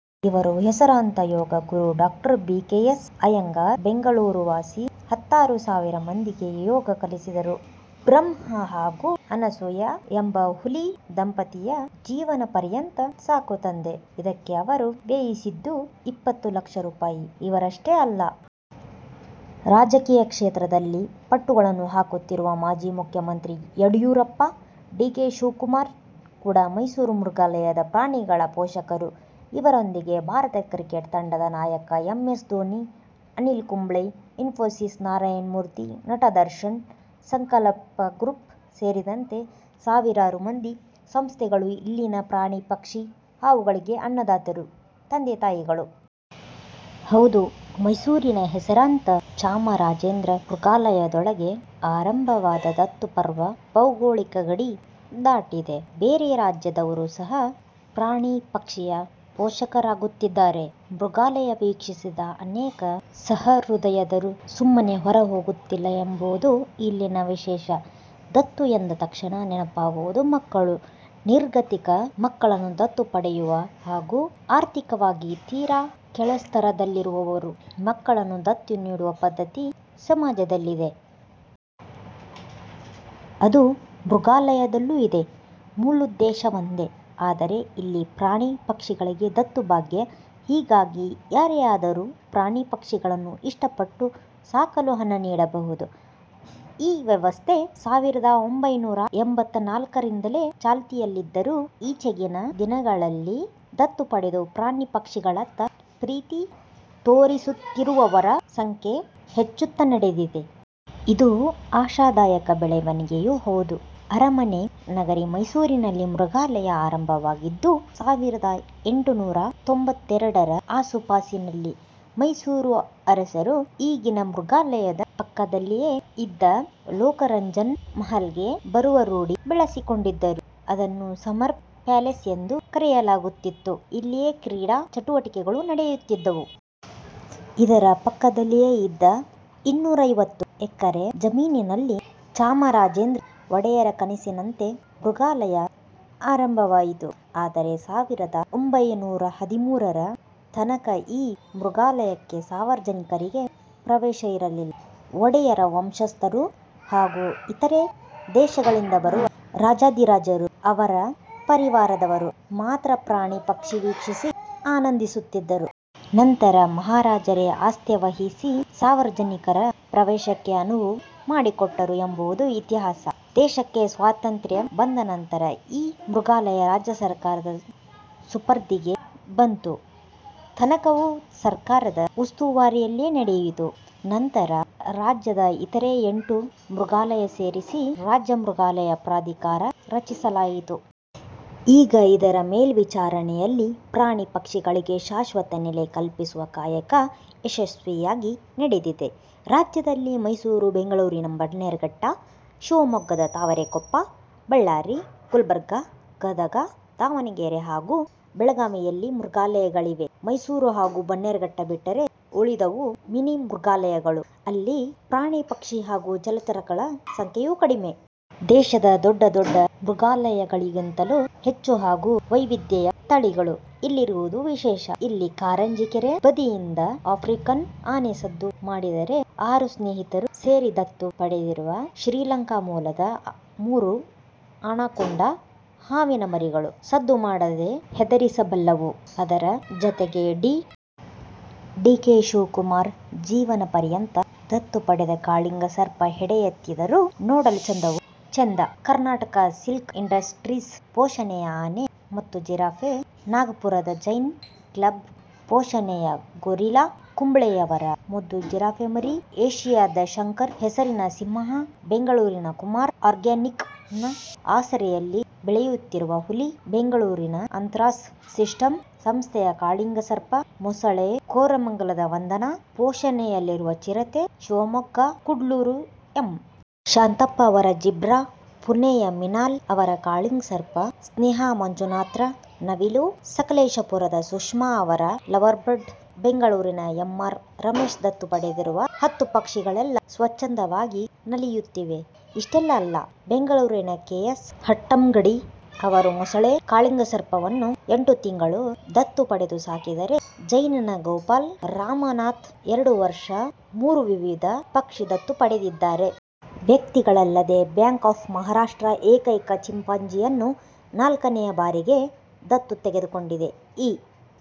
ಇವರು ಹೆಸರಾಂತ ಯೋಗ ಗುರು doctor B. K. S. Iyengar. Bengaluru ವಾಸಿ. ಹತ್ತಾರು ಸಾವಿರ ಮಂದಿಗೆ ಯೋಗ ಕಲಿಸಿದರೂ ಬ್ರಹ್ಮ ಹಾಗೂ ಅನಸೂಯಾ ಎಂಬ ಹುಲಿ ದಂಪತಿಯ ಜೀವನಪರ್ಯಂತ ಸಾಕು ತಂದೆ. ಇದಕ್ಕೆ ಅವರು ವ್ಯಯಿಸಿದ್ದು ಇಪ್ಪತ್ತು ಲಕ್ಷ ರೂಪಾಯ್ ಇವರಷ್ಟೇ ಅಲ್ಲ. ರಾಜಕೀಯ ಕ್ಷೇತ್ರದಲ್ಲಿ ಪಟ್ಟುಗಳನ್ನು ಹಾಕುತ್ತಿರುವ ಮಾಜಿ ಮುಖ್ಯಮಂತ್ರಿ ಯಡಿಯೂರಪ್ಪ, ಡಿ. ಕೆ. ಶಿವಕುಮಾರ್ ಕೂಡ ಮೈಸೂರು ಮೃಗಾಲಯದ ಪ್ರಾಣಿಗಳ ಪೋಷಕರು. ಇವರೊಂದಿಗೆ ಭಾರತ ಕ್ರಿಕೆಟ್ ತಂಡದ ನಾಯಕ ಎಂ. ಎಸ್. ದೋನಿ, ಅನಿಲ್ ಕುಂಬ್ಳೆ, ಇನ್ಫೋಸಿಸ್ ನಾರಾಯಣಮೂರ್ತಿ, ನಟ ದರ್ಶನ್, ಸಂಕಲ್ಪ ಗ್ರೂಪ್ ಸೇರಿದಂತೆ ಸಾವಿರಾರು ಮಂದಿ, ಸಂಸ್ಥೆಗಳು ಇಲ್ಲಿನ ಪ್ರಾಣಿ, ಪಕ್ಷಿ, ಹಾವುಗಳಿಗೆ ಅನ್ನದಾತರು, ತಂದೆ-ತಾಯಿಗಳು. ಹೌದು. ಮೈಸೂರಿನ ಹೆಸರಾಂತ ಚಾಮರಾಜೇಂದ್ರ ಮೃಗಾಲಯದೊಳಗೆ ಆರಂಭವಾದ ದತ್ತು ಪರ್ವ ಭೌಗೋಳಿಕ ಗಡಿ ದಾಟಿದೆ. ಬೇರೆ ರಾಜ್ಯದವರು ಸಹ ಪ್ರಾಣಿ, ಪಕ್ಷಿಯ ಪೋಷಕರಾಗುತ್ತಿದ್ದಾರೆ. ಮೃಗಾಲಯ ವೀಕ್ಷಿಸಿದ ಅನೇಕ ಸಹೃದಯರು ಸುಮ್ಮನೆ ಹೊರಹೋಗುತ್ತಿಲ್ಲ ಎಂಬುದು ಇಲ್ಲಿನ ವಿಶೇಷ. ದತ್ತು ಎಂದ ತಕ್ಷಣ ನೆನಪಾಗುವುದು ಮಕ್ಕಳು. ನಿರ್ಗತಿಕ ಮಕ್ಕಳನ್ನು ದತ್ತು ಪಡೆಯುವ ಹಾಗೂ ಆರ್ಥಿಕವಾಗಿ ತೀರಾ ಕೆಳಸ್ಥರದಲ್ಲಿರುವವರು ಮಕ್ಕಳನ್ನು ದತ್ತು ನೀಡುವ ಪದ್ಧತಿ ಸಮಾಜದಲ್ಲಿದೆ. ಅದು ಮೃಗಾಲಯದಲ್ಲೂ ಇದೆ. ಮೂಲೋದ್ದೇಶ ಒಂದೇ. ಆದರೆ ಇಲ್ಲಿ ಪ್ರಾಣಿ ಪಕ್ಷಿಗಳಿಗೆ ದತ್ತು ಭಾಗ್ಯ. ಹೀಗಾಗಿ ಯಾರೇ ಆದರೂ ಪ್ರಾಣಿ ಪಕ್ಷಿಗಳನ್ನು ಇಷ್ಟಪಟ್ಟು ಸಾಕಲು ಹಣ ನೀಡಬಹುದು. ಈ ವ್ಯವಸ್ಥೆ ಸಾವಿರದ ಒಂಭೈನುರಾ ಎಂಭತ್ತ ನಾಲ್ಕರಿಂದಲೇ ಚಾಲ್ತಿಯಲ್ಲಿದ್ದರೂ ಈಚೆಗಿನ ದಿನಗಳಲ್ಲಿ ದತ್ತು ಪಡೆದು ಪ್ರಾಣಿ ಪಕ್ಷಿಗಳತ್ತ ಪ್ರೀತಿ ತೋರಿಸುತ್ತಿರುವವರ ಸಂಖ್ಯೆ ಹೆಚ್ಚುತ್ತ ನಡೆದಿದೆ. ಇದು ಆಶಾದಾಯಕ ಬೆಳವಣಿಯೂ ಹೌದು. ಅರಮನೆ ನಗರಿ ಮೈಸೂರಲ್ಲಿ ಮೃಗಾಲಯ ಆರಂಭವಾಗಿದ್ದು ಸಾವಿರದ ಎಂಟುನೂರ ತೊಂಭತ್ತೆರಡರ ಆಸುಪಾಸಿನಲ್ಲಿ ಮೈಸೂರು ಅರಸರು ಈಗಿನ ಮೃಗಾಲಯದ ಪಕ್ಕದಲ್ಲಿಯೇ ಇದ್ದ ಲೋಕರಂಜನ್ ಮಹಲ್ಗೆ ಬರುವ ರೂಢಿ ಬೆಳೆಸಿಕೊಂಡಿದ್ದರು. ಅದನ್ನು ಸಮರ್ ಪ್ಯಾಲೇಸ್ ಎಂದೂ ಕರೆಯಲಾಗುತ್ತಿತ್ತು. ಇಲ್ಲಿಯೇ ಕ್ರೀಡಾ ಚಟುವಟಿಕೆಗಳೂ ನಡೆಯುತ್ತಿದ್ದವು. ಇದರ ಪಕ್ಕದಲ್ಲಿಯೇ ಇದ್ದ ಇನ್ನೂರೈವತ್ತು ಎಕರೆ ಜಮೀನಿನಲ್ಲಿ ಚಾಮರಾಜೇಂದ್ರ ಒಡೆಯರ ಕನಸಿನಂತೆ ಮೃಗಾಲಯ ಆರಂಭವಾಯಿತು. ಆದರೆ ಸಾವಿರದ ಒಂಭೈನೂರ ಹದಿನಾರರ ತನಕ ಈ ಮೃಗಾಲಯಕ್ಕೆ ಸಾರ್ವಜನಿಕರಿಗೆ ಪ್ರವೇಶ ಇರಲಿಲ್ಲ. ಒಡೆಯರ ವಂಶಸ್ಥರು ಹಾಗೂ ಇತರೆ ದೇಶಗಳಿಂದ ಬರುವ ರಾಜಾಧಿರಾಜರು, ಅವರ ಪರಿವಾರದವರು ಮಾತ್ರ ಪ್ರಾಣಿ ಪಕ್ಷಿ ವೀಕ್ಷಿಸಿ ಆನಂದಿಸುತ್ತಿದ್ದರು. ನಂತರ ಮಹಾರಾಜರೇ ಆಸ್ಥೆ ವಹಿಸಿ ಸಾರ್ವಜನಿಕರ ಪ್ರವೇಶಕ್ಕೆ ಅನುವು ಮಾಡಿಕೊಟ್ಟರು ಎಂಬುದು ಇತಿಹಾಸ. ದೇಶಕ್ಕೆ ಸ್ವಾತಂತ್ರ್ಯ ಬಂದ ನಂತರ ಈ ಮೃಗಾಲಯ ರಾಜ್ಯ ಸರ್ಕಾರದ ಸುಪರ್ದಿಗೆ ಬಂತು. ತನಕವೂ ಸರ್ಕಾರದ ಉಸ್ತುವಾರಿಯಲ್ಲಿಯೇ ನಡೆಯಿತು. ನಂತರ ರಾಜ್ಯದ ಇತರೇ ಎಂಟು ಮೃಗಾಲಯ ಸೇರಿಸಿ ರಾಜ್ಯ ಮೃಗಾಲಯ ಪ್ರಾಧಿಕಾರ ರಚಿಸಲಾಯಿತು. ಈಗ ಇದರ ಮೇಲ್ವಿಚಾರಣೆಯಲ್ಲಿ ಪ್ರಾಣಿ ಪಕ್ಷಿಗಳಿಗೆ ಶಾಶ್ವತ ನೆಲೆ ಕಲ್ಪಿಸುವ ಕಾಯಕ ಯಶಸ್ವಿಯಾಗಿ ನಡೆದಿದೆ. ರಾಜ್ಯದಲ್ಲಿ ಮೈಸೂರು, ಬೆಂಗಳೂರಿನ ಬನ್ನೇರುಘಟ್ಟ, ಶಿವಮೊಗ್ಗದ ತಾವರೆಕೊಪ್ಪ, ಬಳ್ಳಾರಿ, ಗುಲ್ಬರ್ಗ, ಗದಗ, ದಾವಣಗೆರೆ ಹಾಗೂ ಬೆಳಗಾವಿಯಲ್ಲಿ ಮೃಗಾಲಯಗಳಿವೆ. ಮೈಸೂರು ಹಾಗೂ ಬನ್ನೇರುಘಟ್ಟ ಬಿಟ್ಟರೆ ಉಳಿದವು ಮಿನಿ ಮೃಗಾಲಯಗಳು. ಅಲ್ಲಿ ಪ್ರಾಣಿ-ಪಕ್ಷಿ ಹಾಗೂ ಜಲಚರಗಳ ಸಂಖ್ಯೆಯೂ ಕಡಿಮೆ. ದೇಶದ ದೊಡ್ಡ ದೊಡ್ಡ ಮೃಗಾಲಯಗಳಿಗಿಂತಲೂ ಹೆಚ್ಚು ಹಾಗೂ ವೈವಿಧ್ಯ ತಳಿಗಳು ಇಲ್ಲಿರುವುದು ವಿಶೇಷ. ಇಲ್ಲಿ ಕಾರಂಜಿ ಕೆರೆ ಬದಿಯಿಂದ ಆಫ್ರಿಕನ್ ಆನೆ ಸದ್ದು ಮಾಡಿದರೆ, ಆರು ಸ್ನೇಹಿತರು ಸೇರಿ ದತ್ತು ಪಡೆದಿರುವ ಶ್ರೀಲಂಕಾ ಮೂಲದ ಮೂರು ಅನಕೊಂಡಾ ಹಾವಿನ ಮರಿಗಳು ಸದ್ದು ಮಾಡದೇ ಹೆದರಿಸಬಲ್ಲವು. ಅದರ ಜತೆಗೆ ಡಿ. ಕೆ. ಶಿವಕುಮಾರ್ ಜೀವನಪರ್ಯಂತ ದತ್ತು ಪಡೆದ ಕಾಳಿಂಗಸರ್ಪ ಹೆಡೆ ಎತ್ತದಿದ್ದರೂ ನೋಡಲು ಚೆಂದವೋ ಚಂದ. ಕರ್ನಾಟಕ ಸಿಲ್ಕ್ ಇಂಡಸ್ಟ್ರೀಸ್ ಪೋಷಣೆಯ ಆನೆ ಮತ್ತು ಜಿರಾಫೆ, ನಾಗಪುರದ ಜೈನ್ ಕ್ಲಬ್ ಪೋಷಣೆಯ ಗೊರಿಲ್ಲಾ, ಕುಂಬ್ಳೆಯವರ ಮುದ್ದು ಜಿರಾಫೆ ಮರಿ, ಏಷ್ಯಾದ ಶಂಕರ ಹೆಸರಿನ ಸಿಂಹ, ಬೆಂಗಳೂರಿನ ಕುಮಾರ್ ಆರ್ಗ್ಯಾನಿಕ್ನ ಆಸರೆಯಲ್ಲಿ ಬೆಳೆಯುತ್ತಿರುವ ಹುಲಿ, ಬೆಂಗಳೂರಿನ ಅಂತ್ರಾಸ್ ಸಿಸ್ಟಂ ಸಂಸ್ಥೆಯ ಕಾಳಿಂಗಸರ್ಪ, ಮೊಸಳೆ, ಕೋರಮಂಗಲದ ವಂದನಾ ಪೋಷಣೆಯಲ್ಲಿರುವ ಚಿರತೆ, ಶಿವಮೊಗ್ಗ ಕುಡ್ಲೂರು ಎಂ. ಶಾಂತಪ್ಪ ಅವರ ಜೀಬ್ರಾ, ಪುಣೆಯ ಮಿನಾಲ್ ಅವರ ಕಾಳಿಂಗಸರ್ಪ, ಸ್ನೇಹಾ ಮಂಜುನಾಥ್ರ ನವಿಲು, ಸಕಲೇಶಪುರದ ಸುಷ್ಮಾ ಅವರ ಲವ್ಬರ್ಡ್, ಬೆಂಗಳೂರಿನ ಎಂ. ಆರ್. ರಮೇಶ್ ದತ್ತು ಪಡೆದಿರುವ ಹತ್ತು ಪಕ್ಷಿಗಳೆಲ್ಲ ಸ್ವಚ್ಛಂದವಾಗಿ ನಲಿಯುತ್ತಿವೆ. ಇಷ್ಟೇ ಅಲ್ಲ. ಬೆಂಗಳೂರಿನ ಕೆ. ಎಸ್. ಹಟ್ಟಂಗಡಿ ಅವರು ಮೊಸಳೆ, ಕಾಳಿಂಗಸರ್ಪವನ್ನು ಎಂಟು ತಿಂಗಳು ದತ್ತು ಪಡೆದು ಸಾಕಿದರೆ, ಚೆನೈನ ಗೋಪಾಲ ರಾಮನಾಥ್ ಎರಡು ವರ್ಷ ಮೂರು ವಿವಿಧ ಪಕ್ಷಿ ದತ್ತು ಪಡೆದಿದ್ದಾರೆ. ವ್ಯಕ್ತಿಗಳಲ್ಲದೇ ಬ್ಯಾಂಕ್ ಆಫ್ ಮಹಾರಾಷ್ಟ್ರ ಏಕೈಕ ಚಿಂಪಾಜಿಯನ್ನು ನಾಲ್ಕನೇ ಬಾರಿಗೆ ದತ್ತು ತೆಗೆದುಕೊಂಡಿದೆ.ಇ